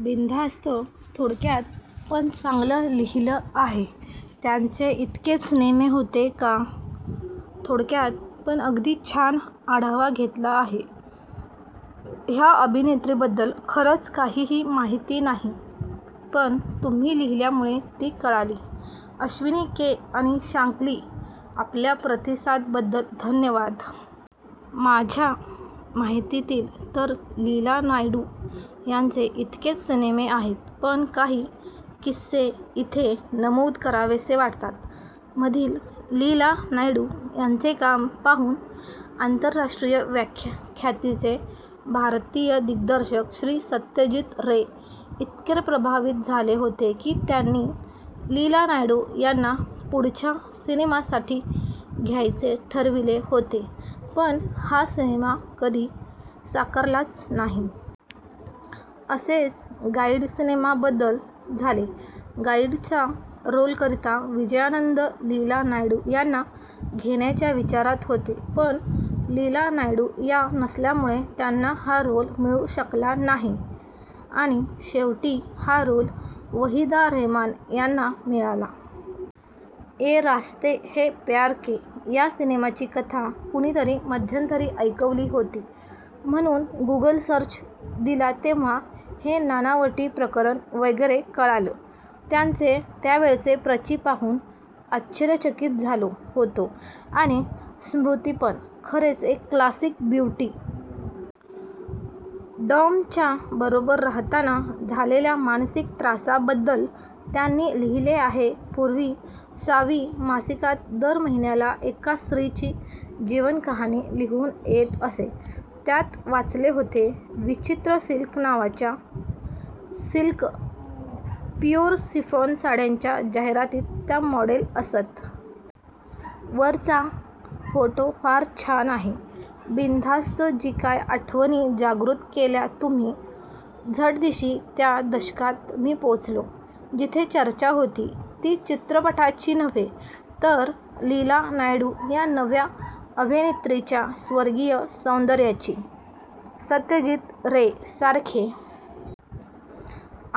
बिनधास्त, थोडक्यात पण चांगलं लिहिलं आहे. त्यांचे इतकेच सिनेमे होते का? थोडक्यात पण अगदी छान आढावा घेतला आहे. ह्या अभिनेत्रीबद्दल खरंच काहीही माहिती नाही. पण तुम्ही लिहिल्यामुळे ती कळाली. अश्विनि के. आणि शांकली, आपल्या प्रतिसाद बद्दल धन्यवाद! माझ्या माहितीतील तर लीला नायडू यांचे इतकेच सिनेमे आहेत. पण काही किस्से इथे नमूद करावेसे वाटतात! '' मधील लीला नायडू यांचे काम पाहून अंतरराष्ट्रीय ख्यातीचे भारतीय दिग्दर्शक श्री सत्यजित रे इतके प्रभावित झाले होते कि त्यांनी लीला नायडू याना पुढच्या सिनेमा साठी घ्यायचे ठरविले होते पण हा सिनेमा कधी साकारालाच नाही! असेच 'गाईड' सिनेमा बद्दल झाले गाईडच्या रोल करीता विजयानंद लीला नायडू याना घेण्याच्या विचारात होते. पण लीला नायडू या नसल्यामुळे त्यांना हा रोल मिळू शकला नाही आणि शेवटी हा रोल वहिदा रेहमान यांना मिळाला! ये रास्ते है प्यार के या सिनेमाची कथा कुणीतरी मध्यंतरी ऐकवली होती म्हणून गूगल सर्च दिला तेव्हां हे नानावटी प्रकरण वगैरे कळालं. त्यांचे त्यावेळचे प्रचि पाहून आश्चर्यचकित झालो होतो. आणि स्मृती पण. खरेच एक क्लासिक ब्युटी. डॉमच्या बरोबर राहताना झालेल्या मानसिक त्रासा बद्दल त्यांनि लिहीले आहे. पूर्वी सावी मासिकात दर महिन्याला एका स्त्रीची जीवनकहाणी लिहून येत असे त्यात वाचले होते. विचित्र सिल्क नावाच्या सिल्क/ प्युअर शिफॉन साड्यांच्या जाहिरातीत त्या मॉडेल असत. वरचा फोटो फार छान आहे. बिनधास्त जीकाय आठवणी जागृत केल्या तुम्ही! झटदिशी त्या दशकात मी पोचलो जिथे चर्चा होती ती चित्रपटाची नव्हे तर 'लीला नायडू' या नव्या अभिनेत्रीच्या स्वर्गीय सौंदर्याची. सत्यजीत रे सारखे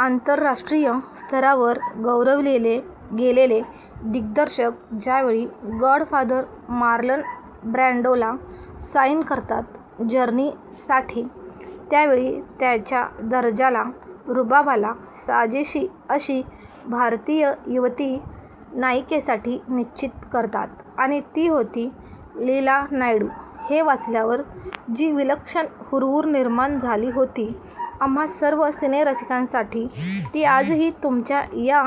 आंतरराष्ट्रीय स्तरावर गौरविले गेलेले दिग्दर्शक ज्यावेळी "गॉडफादर" मार्लन ब्रॅण्डोला साईन करतात 'जर्नी' साठी त्यावेळी त्याच्या दर्जाला रुबाबाला साजेशी अशी भारतीय युवती नायिकेसाठी निश्चित करतात आणि ती होती 'लीला नायडू' हे वाचल्यावर जी विलक्षण हुरहूर निर्माण झाली होती आम्हा सर्व सिनेरसिकांसाठी ती आजही तुमच्या या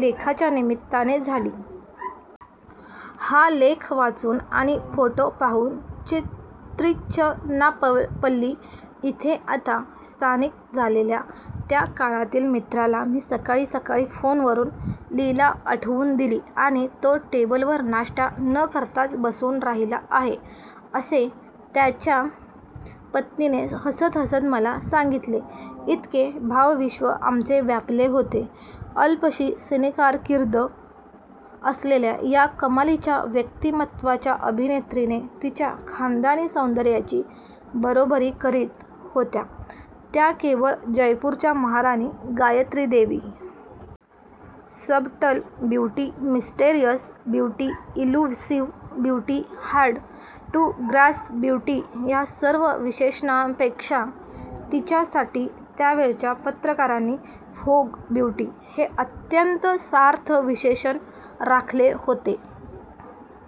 लेखाच्या निमित्ताने झाली. हा लेख वाचून आणि फोटो पाहून त्रिचन्नापल्ली इथे आता स्थायिक झालेल्या 'त्या' काळातील मित्राला मी सकाळीसकाळी फोनवरून 'लीला' आठवून दिलीआणि तो टेबलवर नाष्टा न करताच बसून राहिला आहे असे त्याच्या पत्नीने हसतहसत मला सांगितलेइतके भावविश्व आमचे व्यापले होते अल्पशी सिनेकारकिर्द असलेल्या या कमालीच्या व्यक्तिमत्वाच्या अभिनेत्रीनेतिच्या खानदानी सौंदर्याची बरोबरी करीत होत्या त्या केवळ जयपूरच्या महाराणी Gayatri Devi. "Subtle beauty mysterious beauty elusive beauty hard to grasp beauty" या सर्व विशेषणांपेक्षा तिच्यासाठी त्यावेळेच्या पत्रकारांनी 'व्होग ब्यूटी' हे अत्यंत सार्थ विशेषण राखले होते.